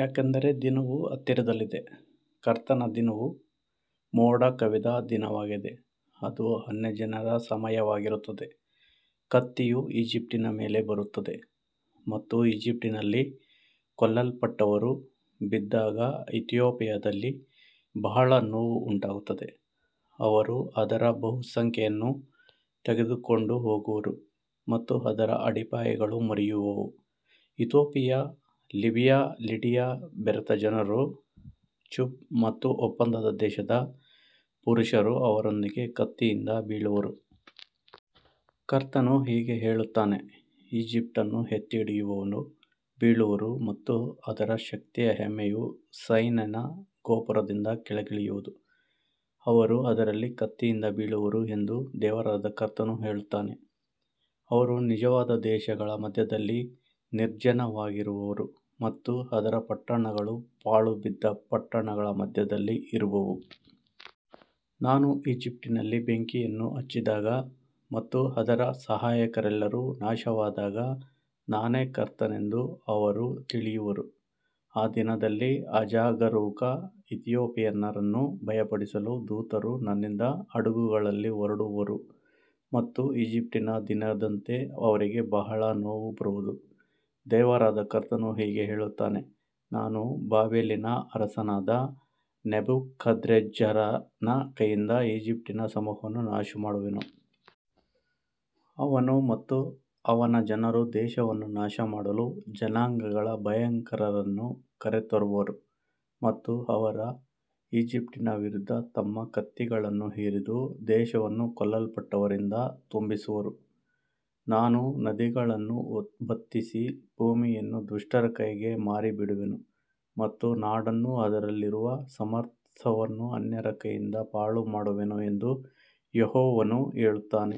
ಯಾಕಂದರೆ ದಿನವು ಹತ್ತಿರದಲ್ಲಿದೆ, ಕರ್ತನ ದಿನವು ಮೋಡ ಕವಿದ ದಿನವಾಗಿದೆ, ಅದು ಅನ್ಯಜನರ ಸಮಯವಾಗಿರುತ್ತದೆ. ಕತ್ತಿಯು ಈಜಿಪ್ಟಿನ ಮೇಲೆ ಬರುತ್ತದೆ ಮತ್ತು ಈಜಿಪ್ಟಿನಲ್ಲಿ ಕೊಲ್ಲಲ್ಪಟ್ಟವರು ಬಿದ್ದಾಗ ಇಥಿಯೋಪಿಯಾದಲ್ಲಿ ಬಹಳ ನೋವು ಉಂಟಾಗುತ್ತದೆ. ಅವರು ಅದರ ಬಹುಸಂಖ್ಯೆಯನ್ನು ತೆಗೆದುಕೊಂಡು ಹೋಗುವರು ಮತ್ತು ಅದರ ಅಡಿಪಾಯಗಳು ಮುರಿಯುವವು. ಇಥಿಯೋಪಿಯ, ಲಿಬಿಯಾ, ಲಿಡಿಯಾ, ಬೆರೆತ ಜನರು, ಚುಬ್ ಮತ್ತು ಒಪ್ಪಂದದ ದೇಶದ ಪುರುಷರು ಅವರೊಂದಿಗೆ ಕತ್ತಿಯಿಂದ ಬೀಳುವರು. ಕರ್ತನು ಹೀಗೆ ಹೇಳುತ್ತಾನೆ, ಈಜಿಪ್ಟನ್ನು ಎತ್ತಿಹಿಡಿಯುವವರು ಬೀಳುವರು ಮತ್ತು ಅದರ ಶಕ್ತಿಯ ಹೆಮ್ಮೆಯು ಸೈನೆನ ಗೋಪುರದಿಂದ ಕೆಳಗಿಳಿಯುವುದು. ಅವರು ಅದರಲ್ಲಿ ಕತ್ತಿಯಿಂದ ಬೀಳುವರು ಎಂದು ದೇವರಾದ ಕರ್ತನು ಹೇಳುತ್ತಾನೆ. ಅವರು ನಿರ್ಜನವಾದ ದೇಶಗಳ ಮಧ್ಯದಲ್ಲಿ ನಿರ್ಜನವಾಗಿರುವರು ಮತ್ತು ಅದರ ಪಟ್ಟಣಗಳು ಪಾಳುಬಿದ್ದ ಪಟ್ಟಣಗಳ ಮಧ್ಯದಲ್ಲಿ ಇರುವವು. ನಾನು ಈಜಿಪ್ಟಿನಲ್ಲಿ ಬೆಂಕಿಯನ್ನು ಹಚ್ಚಿದಾಗ ಮತ್ತು ಅದರ ಸಹಾಯಕರೆಲ್ಲರೂ ನಾಶವಾದಾಗ ನಾನೇ ಕರ್ತನೆಂದು ಅವರು ತಿಳಿಯುವರು. ಆ ದಿನದಲ್ಲಿ ಅಜಾಗರೂಕ ಇಥಿಯೋಪಿಯನ್ನರನ್ನು ಭಯಪಡಿಸಲು ದೂತರು ನನ್ನಿಂದ ಹಡಗುಗಳಲ್ಲಿ ಹೊರಡುವರು ಮತ್ತು ಈಜಿಪ್ಟಿನ ದಿನದಂತೆ ಅವರಿಗೆ ಬಹಳ ನೋವು ಬರುವುದು. ದೇವರಾದ ಕರ್ತನು ಹೀಗೆ ಹೇಳುತ್ತಾನೆ, ನಾನು ಬಾಬೆಲಿನ ಅರಸನಾದ ನೆಬುಕದ್ರೆಜ್ಜರನ ಕೈಯಿಂದ ಈಜಿಪ್ಟಿನ ಸಮೂಹವನ್ನು ನಾಶಮಾಡುವೆನು. ಅವನು ಮತ್ತು ಅವನ ಜನರು ದೇಶವನ್ನು ನಾಶಮಾಡಲು ಜನಾಂಗಗಳ ಭಯಂಕರರನ್ನು ಕರೆತರುವರು ಮತ್ತು ಅವರು ಈಜಿಪ್ಟಿನ ವಿರುದ್ಧ ತಮ್ಮ ಕತ್ತಿಗಳನ್ನು ಹಿರಿದು ದೇಶವನ್ನು ಕೊಲ್ಲಲ್ಪಟ್ಟವರಿಂದ ತುಂಬಿಸುವರು. ನಾನು ನದಿಗಳನ್ನು ಬತ್ತಿಸಿ ಭೂಮಿಯನ್ನು ದುಷ್ಟರ ಕೈಗೆ ಮಾರಿಬಿಡುವೆನು ಮತ್ತು ನಾಡನ್ನೂ ಅದರಲ್ಲಿರುವ ಸಮಸ್ತವನ್ನೂ ಅನ್ಯರ ಕೈಯಿಂದ ಪಾಳುಮಾಡುವೆನು ಎಂದು ಯೆಹೋವನು ಹೇಳುತ್ತಾನೆ.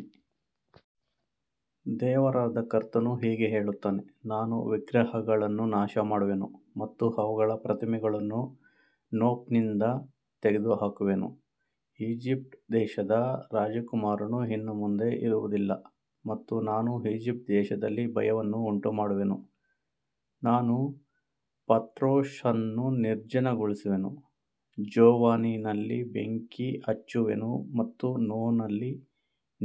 ದೇವರಾದ ಕರ್ತನು ಹೀಗೆ ಹೇಳುತ್ತಾನೆ, ನಾನು ವಿಗ್ರಹಗಳನ್ನು ನಾಶಮಾಡುವೆನು ಮತ್ತು ಅವುಗಳ ಪ್ರತಿಮೆಗಳನ್ನು ನೋಫ್ನಿಂದ ತೆಗೆದುಹಾಕುವೆನು. ಈಜಿಪ್ಟ್ ದೇಶದ ರಾಜಕುಮಾರನು ಇನ್ನು ಮುಂದೆ ಇರುವುದಿಲ್ಲ ಮತ್ತು ನಾನು ಈಜಿಪ್ಟ್ ದೇಶದಲ್ಲಿ ಭಯವನ್ನು ಉಂಟುಮಾಡುವೆನು. ನಾನು ಪತ್ರೋಸನ್ನು ನಿರ್ಜನಗೊಳಿಸುವೆನು, ಝೋವಾನಿನಲ್ಲಿ ಬೆಂಕಿ ಹಚ್ಚುವೆನು ಮತ್ತು ನೋನಲ್ಲಿ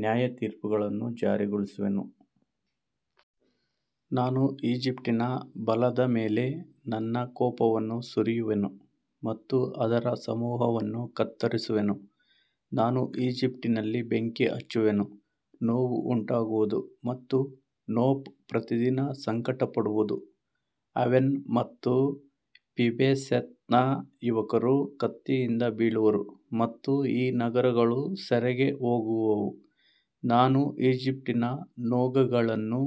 ನ್ಯಾಯತೀರ್ಪುಗಳನ್ನು ಜಾರಿಗೊಳಿಸುವೆನು. ನಾನು ಈಜಿಪ್ಟಿನ ಬಲದ ಮೇಲೆ ನನ್ನ ಕೋಪವನ್ನು ಸುರಿಯುವೆನು ಮತ್ತು ಅದರ ಸಮೂಹವನ್ನು ಕತ್ತರಿಸುವೆನು. ನಾನು ಈಜಿಪ್ಟಿನಲ್ಲಿ ಬೆಂಕಿ ಹಚ್ಚುವೆನು, ನೋವು ಉಂಟಾಗುವುದು ಮತ್ತು ನೋಫ್ ಪ್ರತಿದಿನ ಸಂಕಟಪಡುವುದು. ಆವೆನ್ ಮತ್ತು ಪಿಬೆಸೆತ್ನ ಯುವಕರು ಕತ್ತಿಯಿಂದ ಬೀಳುವರು ಮತ್ತು ಈ ನಗರಗಳು ಸೆರೆಗೆ ಹೋಗುವವು. ನಾನು ಈಜಿಪ್ಟಿನ ನೊಗಗಳನ್ನು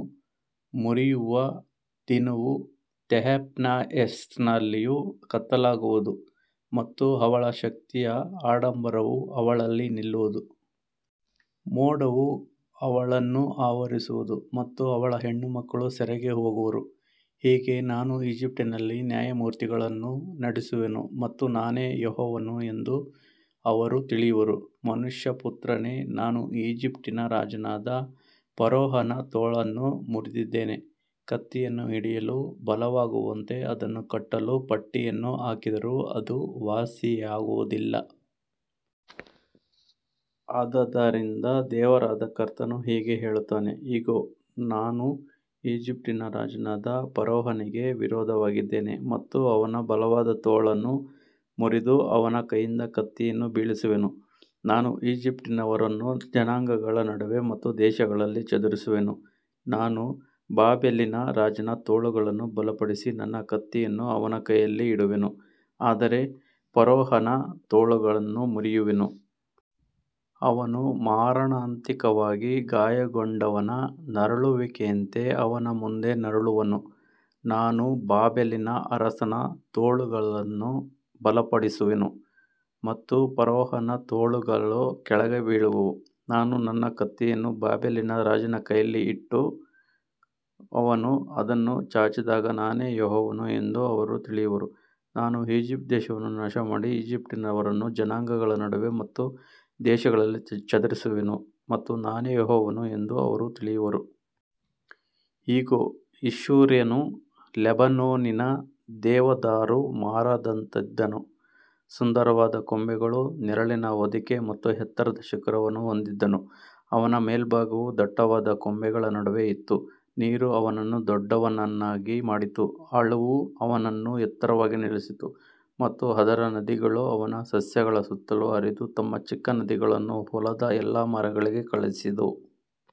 ಮುರಿಯುವ ದಿನವು ತೆಹಫ್ನೆಹೆಸ್ನಲ್ಲಿಯೂ ಕತ್ತಲಾಗುವುದು ಮತ್ತು ಅವಳ ಶಕ್ತಿಯ ಆಡಂಬರವು ಅವಳಲ್ಲಿ ನಿಲ್ಲುವುದು. ಮೋಡವು ಅವಳನ್ನು ಆವರಿಸುವುದು ಮತ್ತು ಅವಳ ಹೆಣ್ಣುಮಕ್ಕಳು ಸೆರೆಗೆ ಹೋಗುವರು. ಹೀಗೆ ನಾನು ಈಜಿಪ್ಟಿನಲ್ಲಿ ನ್ಯಾಯತೀರ್ಪುಗಳನ್ನು ನಡೆಸುವೆನು ಮತ್ತು ನಾನೇ ಯೆಹೋವನು ಎಂದು ಅವರು ತಿಳಿಯುವರು. ಮನುಷ್ಯಪುತ್ರನೇ, ನಾನು ಈಜಿಪ್ಟಿನ ರಾಜನಾದ ಫರೋಹನ ತೋಳನ್ನು ಮುರಿದಿದ್ದೇನೆ. ಕತ್ತಿಯನ್ನು ಹಿಡಿಯಲು ಬಲವಾಗುವಂತೆ ಅದನ್ನು ಕಟ್ಟಲು ಪಟ್ಟಿಯನ್ನು ಹಾಕಿದರೂ ಅದು ವಾಸಿಯಾಗುವುದಿಲ್ಲ. ಆದದರಿಂದ ದೇವರಾದ ಕರ್ತನು ಹೀಗೆ ಹೇಳುತ್ತಾನೆ, ಇಗೋ, ನಾನು ಈಜಿಪ್ಟಿನ ರಾಜನಾದ ಫರೋಹನಿಗೆ ವಿರೋಧವಾಗಿದ್ದೇನೆ ಮತ್ತು ಅವನ ಬಲವಾದ ತೋಳನ್ನು ಮುರಿದು ಅವನ ಕೈಯಿಂದ ಕತ್ತಿಯನ್ನು ಬೀಳಿಸುವೆನು. ನಾನು ಈಜಿಪ್ಟಿನವರನ್ನು ಜನಾಂಗಗಳ ನಡುವೆ ಮತ್ತು ದೇಶಗಳಲ್ಲಿ ಚದುರಿಸುವೆನು. ನಾನು ಬಾಬೆಲಿನ ರಾಜನ ತೋಳುಗಳನ್ನು ಬಲಪಡಿಸಿ ನನ್ನ ಕತ್ತಿಯನ್ನು ಅವನ ಕೈಯಲ್ಲಿ ಇಡುವೆನು, ಆದರೆ ಫರೋಹನ ತೋಳುಗಳನ್ನು ಮುರಿಯುವೆನು. ಅವನು ಮಾರಣಾಂತಿಕವಾಗಿ ಗಾಯಗೊಂಡವನ ನರಳುವಿಕೆಯಂತೆ ಅವನ ಮುಂದೆ ನರಳುವನು. ನಾನು ಬಾಬೆಲಿನ ಅರಸನ ತೋಳುಗಳನ್ನು ಬಲಪಡಿಸುವೆನು ಮತ್ತು ಫರೋಹನ ತೋಳುಗಳು ಕೆಳಗೆ ಬೀಳುವವು. ನಾನು ನನ್ನ ಕತ್ತಿಯನ್ನು ಬಾಬೆಲಿನ ರಾಜನ ಕೈಯಲ್ಲಿ ಕೊಟ್ಟು ಅವನು ಅದನ್ನು ಚಾಚಿದಾಗ ನಾನೇ ಯೆಹೋವನು ಎಂದು ಅವರು ತಿಳಿಯುವರು. ನಾನು ಈಜಿಪ್ಟ್ ದೇಶವನ್ನು ನಾಶಮಾಡಿ ಈಜಿಪ್ಟಿನವರನ್ನು ಜನಾಂಗಗಳ ನಡುವೆ ಮತ್ತು ದೇಶಗಳಲ್ಲಿ ಚದುರಿಸುವೆನು ಮತ್ತು ನಾನೇ ಯೆಹೋವನು ಎಂದು ಅವರು ತಿಳಿಯುವರು. ಇಗೋ, ಅಶ್ಶೂರ್ಯನು ಲೆಬನೋನಿನ ದೇವದಾರು ಮರದಂತಿದ್ದನು, ಸುಂದರವಾದ ಕೊಂಬೆಗಳು, ನೆರಳಿನ ಹೊದಿಕೆ ಮತ್ತು ಎತ್ತರದ ಶಿಖರವನ್ನು ಹೊಂದಿದ್ದನು, ಅವನ ಮೇಲ್ಭಾಗವು ದಟ್ಟವಾದ ಕೊಂಬೆಗಳ ನಡುವೆ ಇತ್ತು. ನೀರು ಅವನನ್ನು ದೊಡ್ಡವನನ್ನಾಗಿ ಮಾಡಿತು, ಆಳವು ಅವನನ್ನು ಎತ್ತರವಾಗಿ ನಿಲ್ಲಿಸಿತು ಮತ್ತು ಅದರ ನದಿಗಳು ಅವನ ಸಸ್ಯಗಳ ಸುತ್ತಲೂ ಹರಿದು ತಮ್ಮ ಚಿಕ್ಕ ನದಿಗಳನ್ನು ಹೊಲದ ಎಲ್ಲಾ ಮರಗಳಿಗೆ ಕಳುಹಿಸಿದವು.